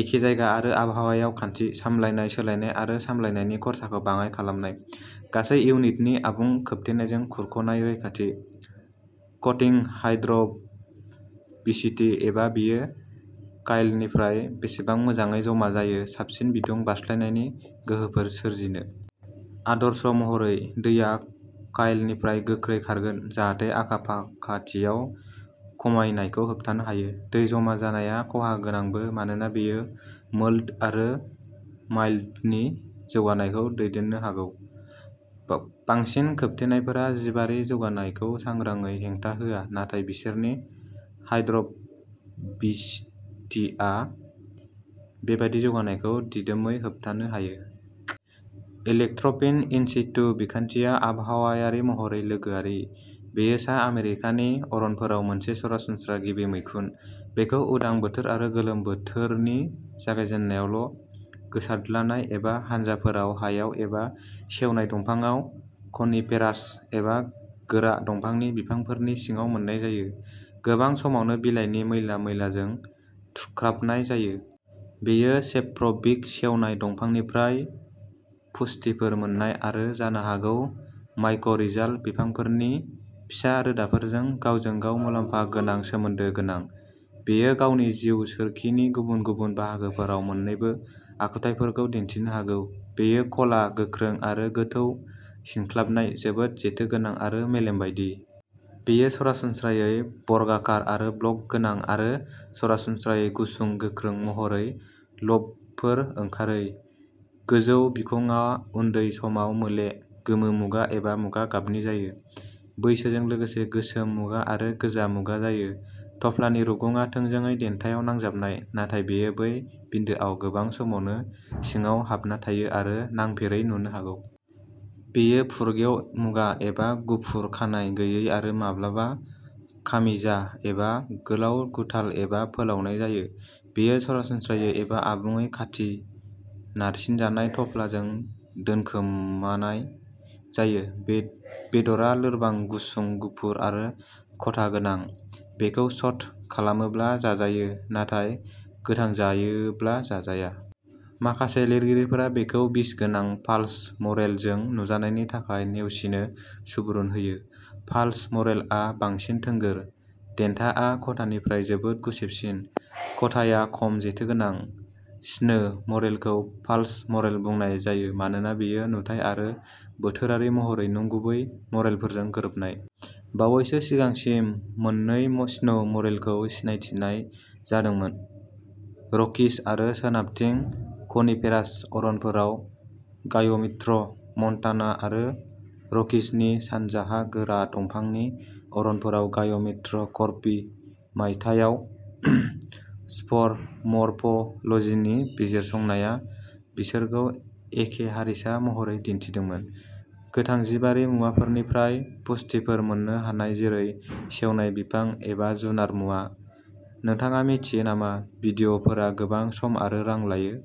एखे जायगा आरो आबहावायाव खान्थि। सामलायनाय, सोलायनाय आरो सामलायनायनि खरसाखौ बाङाइ खालामनाय। गासै इउनिट नि आबुं खोबथेनायजों खुरख'नाय रैखाथि। कटिंग हाइड्र'फ'बिसिटि, एबा बेयो काइलनिफ्राय बेसेबां मोजाङै जमा जायो, साबसिन बिदुं बारस्लायनायनि गोहोफोर सोरजिनो। आदर्श महरै, दैया काइलनिफ्राय गोख्रै खारगोन जाहाथे आखा फाखाथियाव खमायनायखौ होबथानो हायो। दै जमा जानाया खहागोनांबो मानोना बेयो मोल्ड आरो माइल्ड्युनि जौगानायखौ दैदेननो हागौ। बांसिन खोबथेनायफोरा जिबारि जौगानायखौ सांग्राङै हेंथा होआ, नाथाय बिसोरनि हाइड्र'फ'बिसिटिआ बेबादि जौगानायखौ दिदोमयै होबथानो हायो। इलेक्ट्र'फिन इन्सितु बिखान्थिया आबहावायारि महरै लोगोआरि। बेयो सा आमेरिकानि अरनफोराव मोनसे सरासनस्रा गिबि मैखुन। बेखौ उदां बोथोर आरो गोलोम बोथोरनि जागायजेन्नायावल', गोसारद्लानाय एबा हानजाफोराव, हायाव एबा सेवनाय दंफांआव, कनिफेरास एबा गोरा दंफांनि बिफांफोरनि सिङाव मोन्नाय जायो, गोबां समावनो बिलाइनि मैला मैलाजों थुख्राबनाय जायो। बेयो सेप्र'बिक, सेवनाय दंफांनिफ्राय पुष्टिफोर मोन्नाय, आरो जानो हागौ माइक'रिजाल, बिफांफोरनि फिसा रोदाफोरजों गावजों गाव मुलाम्फा गोनां सोमोन्दो गोनां। बेयो गावनि जिउ सोरखिनि गुबुन गुबुन बाहागोफोराव मोन्नैबो आखुथायफोरखौ दिनथिनो हागौ। बेयो ख'ला, गोख्रों आरो गोथौ सिनख्लाबनाय, जोबोद जेथोगोनां आरो मेलेम बायदि। बेयो सरासनस्रायै बर्गाकार आरो ब्लक गोनां आरो सरासनस्रायै गुसुं, गोख्रों महरै ल'बफोर ओंखारै। गोजौ बिखंआ उन्दै समाव मोले, गोमो मुगा एबा मुगा गाबनि जायो, बैसोजों लोगोसे गोसोम मुगा एबा गोजा मुगा जायो। थफ्लानि रुगुङा थोंजोङै देन्थायाव नांजाबनाय नाथाय बेयो बै बिन्दोआव गोबां समावनो सिङाव हाबना थायो आरो नांफेरै नुनो हागौ। बेयो फुरगेव मुगा एबा गुफुर, खानाय गैयै आरो माब्लाबा खामिजा एबा गोलाव गुथाल एबा फोलावनाय जायो। बेयो सरासनस्रायै एबा आबुङै खाथि नारसिनजानाय थफ्लाजों दोनखोमानाय जायो। बे-बेदरआ लोरबां, गुसुं, गुफुर आरो खथा गोनां। बेखौ स'ट खालामोब्ला जाजायो, नाथाय गोथां जायोब्ला जाजाया। माखासे लिरगिरिफोरा बेखौ बिस गोनां फाल्स मरेल जों नुजानायनि थाखाय नेवसिनो सुबुरुन होयो। फाल्स मरेल आ बांसिन थोंगोर। देन्थाआ खथानिख्रुइ जोबोद गुसेबसिन। खथाया खम जेथोगोनां। स्नो मरेलखौ फाल्स मरेल बुंनाय जायो मानोना बेयो नुथाइ आरो बोथोरारि महरै नंगुबै मरेलफोरजों गोरोबनाय। बावैसो सिगांसिम, मोन्नै स्नो मरेलफोरखौ सिनायथिनाय जादोंमोन र'कीज आरो सोनाबथिं कनिफेरास अरनफोराव गाय'मित्र मन्टाना आरो र'कीजनि सानजाहा गोरा दंफांनि अरनफोराव गाय'मित्र करफी। मायथाइयाव स्पर मर्फ'लजिनि बिजिरसंनाया बिसोरखौ एखे हारिसा महरै दिन्थिदोंमोन। गोथां जिबारि मुवाफोरनिफ्राय पुष्टिफोर मोन्नो हानाय, जेरै सेवनाय बिफां एबा जुनार मुवा। नोंथाङा मिथियो नामा भिडिअ'फोरा गोबां सम आरो रां लायो।